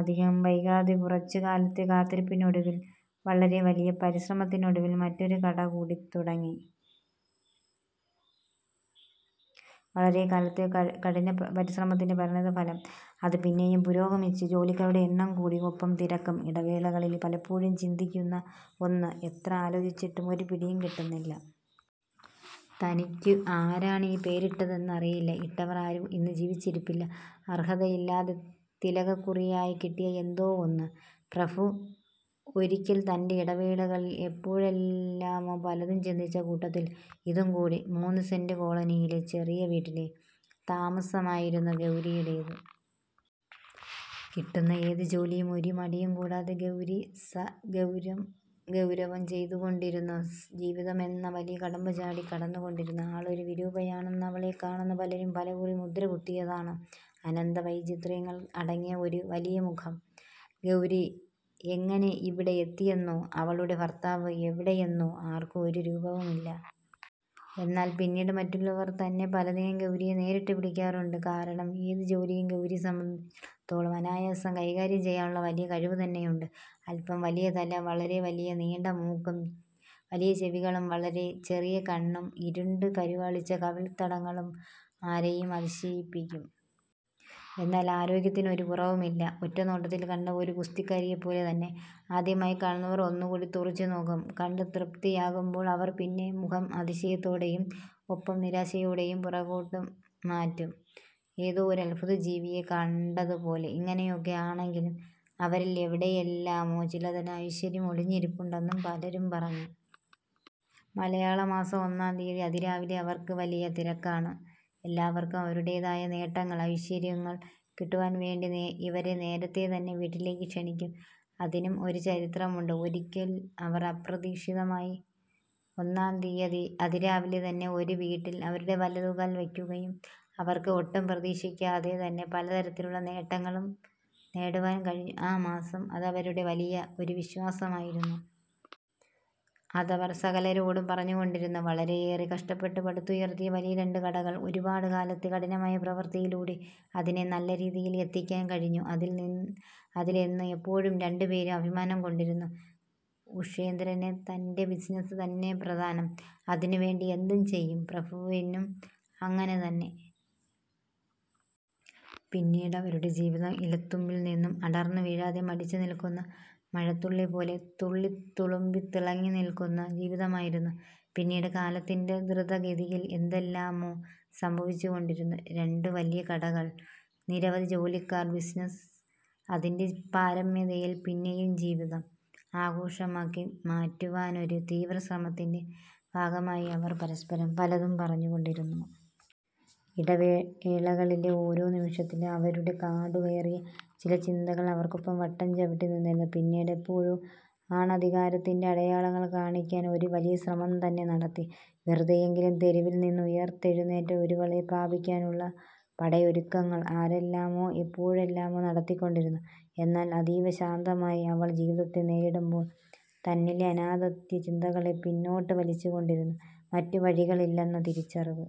അധികം വൈകാതെ കുറച്ചു കാലത്തെ കാത്തിരിപ്പിനൊടുവിൽ വളരെ വലിയ പരിശ്രമത്തിനൊടുവിൽ മറ്റൊരു കട കൂടി തുടങ്ങി. വളരെ കാലത്തെ കഠിനപരിശ്രമത്തിന്റ പരിണിതഫലം, അത് പിന്നെയും പുരോഗമിച്ചു. ജോലിക്കാരുടെ എണ്ണം കൂടി, ഒപ്പം തിരക്കും.. ഇടവേളകളിൽ പലപ്പോഴും ചിന്തിക്കുന്ന ഒന്ന്, എത്ര ആലോചിച്ചിട്ടും ഒരു പിടിയും കിട്ടുന്നില്ല. തനിക്കു ആരാണ് ഈ പേരിട്ടത് എന്ന് അറിയില്ല, ഇട്ടവർ ആരും ഇന്നു ജീവിച്ചിരിപ്പില്ല. അർഹതയില്ലാതെ തിലകക്കുറിയായി കിട്ടിയ എന്തോ ഒന്ന്. 'പ്രഭു. ' ഒരിക്കൽ തന്റെ ഇടവേളകളിൽ എപ്പോഴെല്ലാമോ പലതും ചിന്തിച്ച കൂട്ടത്തിൽ ഇതും കൂടി. മൂന്നു സെന്റ് കോളനിയിലെ ചെറിയ വീട്ടിലെ താമസമായിരുന്നു ഗൗരിയുടേത്. കിട്ടുന്ന ഏതു ജോലിയും ഒരു മടിയും കൂടാതെ ഗൗരി സഗൗരവം ചെയ്തുകൊണ്ടിരുന്നു. ജീവിതം എന്ന വലിയ കടമ്പ ചാടി കടന്നുകൊണ്ടിരുന്നു. ആളൊരു വിരൂപയാണെന്ന് അവളെ കാണുന്ന പലരും പലകുറി മുദ്ര കുത്തിയതാണ്. അനന്ത വൈചിത്ര്യങ്ങൾ അടങ്ങിയ ഒരു വലിയ മുഖം. ഗൗരി എങ്ങനെ ഇവിടെ എത്തിയെന്നോ അവളുടെ ഭർത്താവ് എവിടെയെന്നോ ആർക്കും ഒരു രൂപവുമില്ല. എന്നാൽ പിന്നീട് മറ്റുള്ളവർ തന്നെ പലതിനും ഗൗരിയെ നേരിട്ടു വിളിക്കാറുണ്ട്. കാരണം ഏതു ജോലിയും ഗൗരിയെ സംബന്ധിച്ചിടത്തോളം അനായാസം കൈകാര്യം ചെയ്യാനുള്ള വലിയ കഴിവ് തന്നെയുണ്ട്. അൽപ്പം വലിയതല, വളരെ വലിയ നീണ്ട മൂക്കും, വലിയ ചെവികളും വളരെ ചെറിയ കണ്ണും ഇരുണ്ടു കരുവാളിച്ച കവിൾ തടങ്ങളും ആരെയും അതിശയിപ്പിക്കും. എന്നാൽ ആരോഗ്യത്തിന് ഒരു കുറവും ഇല്ല. ഒറ്റനോട്ടത്തിൽ കണ്ടാൽ ഒരു ഗുസ്തിക്കാരിയെപ്പോലെ തന്നെ, ആദ്യമായി കാണുന്നവർ ഒന്നുകൂടി തുറിച്ചു നോക്കും, കണ്ടു തൃപ്തിയാകുമ്പോൾ അവർ പിന്നെ മുഖം അതിശയത്തോടെയും, ഒപ്പം നിരാശയോടെയും പുറകോട്ട് മാറ്റും. ഏതോ ഒരു അത്ഭുത ജീവിയെ കണ്ടതുപോലെ... ഇങ്ങനെയൊക്കെ ആണെങ്കിലും അവരിൽ എവിടെയെല്ലാമോ ചിലതരം ഐശ്വര്യം ഒളിഞ്ഞിരിപ്പുണ്ടെന്നു പലരും പറഞ്ഞു. മലയാളമാസം ഒന്നാം തിയതി അതിരാവിലെ അവർക്ക് വലിയ തിരക്കാണ്. എല്ലാവർക്കും അവരുടേതായ നേട്ടങ്ങൾ, ഐശ്വര്യങ്ങൾ കിട്ടുവാൻ വേണ്ടി ഇവരെ നേരത്തെ തന്നെ വീട്ടിലേക്ക് ക്ഷണിക്കും. അതിനും ഒരു ചരിത്രമുണ്ട്.. ഒരിക്കൽ അവർ അപ്രതീക്ഷിതമായി ഒന്നാം തിയതി അതിരാവിലെ തന്നെ ഒരു വീട്ടിൽ അവരുടെ വലതുകാൽ വക്കുകയും അവർക്ക് ഒട്ടും പ്രതീക്ഷിക്കാതെ തന്നെ പലതരത്തിലുള്ള നേട്ടങ്ങളും നേടുവാൻ കഴിഞ്ഞു ആ മാസം, അതവരുടെ വലിയ ഒരു വിശ്വാസമായിരുന്നു. അതവർ സകലരോടും പറഞ്ഞുകൊണ്ടിരുന്നു. വളരെയേറെ കഷ്ടപ്പെട്ട് പടുത്തുയർത്തിയ വലിയ രണ്ടു കടകൾ, ഒരുപാട് കാലത്തെ കഠിനമായ പ്രവൃത്തിയിലൂടെ അതിനെ നല്ലരീതിയിൽ എത്തിക്കാൻ കഴിഞ്ഞു അതിൽ എന്നും എപ്പോഴും രണ്ടു പേരും അഭിമാനം കൊണ്ടിരുന്നു. ഉഷേന്ദ്രന് തന്റെ ബിസിനസ് തന്നെ പ്രധാനം. അതിനുവേണ്ടി എന്തും ചെയ്യും. പ്രഭുവിനും അങ്ങനെ തന്നെ. പിന്നീട് അവരുടെ ജീവിതം ഇലത്തുമ്പിൽ നിന്നും അടർന്നു വീഴാതെ മടിച്ചു നിൽക്കുന്ന മഴത്തുള്ളിപോലെ, തുള്ളി തുളുമ്പിതിളങ്ങി നിൽക്കുന്ന ജീവിതമായിരുന്നു. പിന്നീട് കാലത്തിന്റെ ധൃത ഗതിയിൽ എന്തെല്ലാമോ സംഭവിച്ചുകൊണ്ടിരുന്നു. രണ്ടു വലിയ കടകൾ നിരവധി ജോലിക്കാർ, ബിസിനസ് അതിന്റെ പാരമ്യതയിൽ. പിന്നെയും ജീവിതം ആഘോഷമാക്കി മാറ്റുവാനൊരു തീവ്ര ശ്രമത്തിന്റ ഭാഗമായി അവർ പരസ്പരം പലതും പറഞ്ഞു കൊണ്ടിരുന്നു. ഇടവേളകളിലെ ഓരോ നിമിഷത്തിലും അവരുടെ കാടു കയറിയ വലിയ ചിന്തകൾ അവർക്കൊപ്പം വട്ടം ചവിട്ടി നിന്നിരുന്നു. പിന്നീട് എപ്പോഴോ ആണധികാരത്തിന്റെ അടയാളങ്ങൾ കാണിക്കാൻ ഒരു വലിയ ശ്രമം തന്നെ നടത്തി. വെറുതെയെങ്കിലും തെരുവിൽ നിന്നും ഉയർത്തെഴുന്നേറ്റ ഒരുവളെ പ്രാപിക്കാനുള്ള, പടയൊരുക്കങ്ങൾ ആരെല്ലാമോ എപ്പോഴെല്ലാമോ നടത്തികൊണ്ടിരുന്നു. എന്നാൽ അതീവ ശാന്തമായി അവൾ ജീവിതത്തെ നേരിടുമ്പോൾ തന്നിലെ അനാഥത്യ ചിന്തകളെ പിന്നോട്ട് വലിച്ചു കൊണ്ടിരുന്നു. മറ്റു വഴികൾ ഇല്ലെന്ന തിരിച്ചറിവ്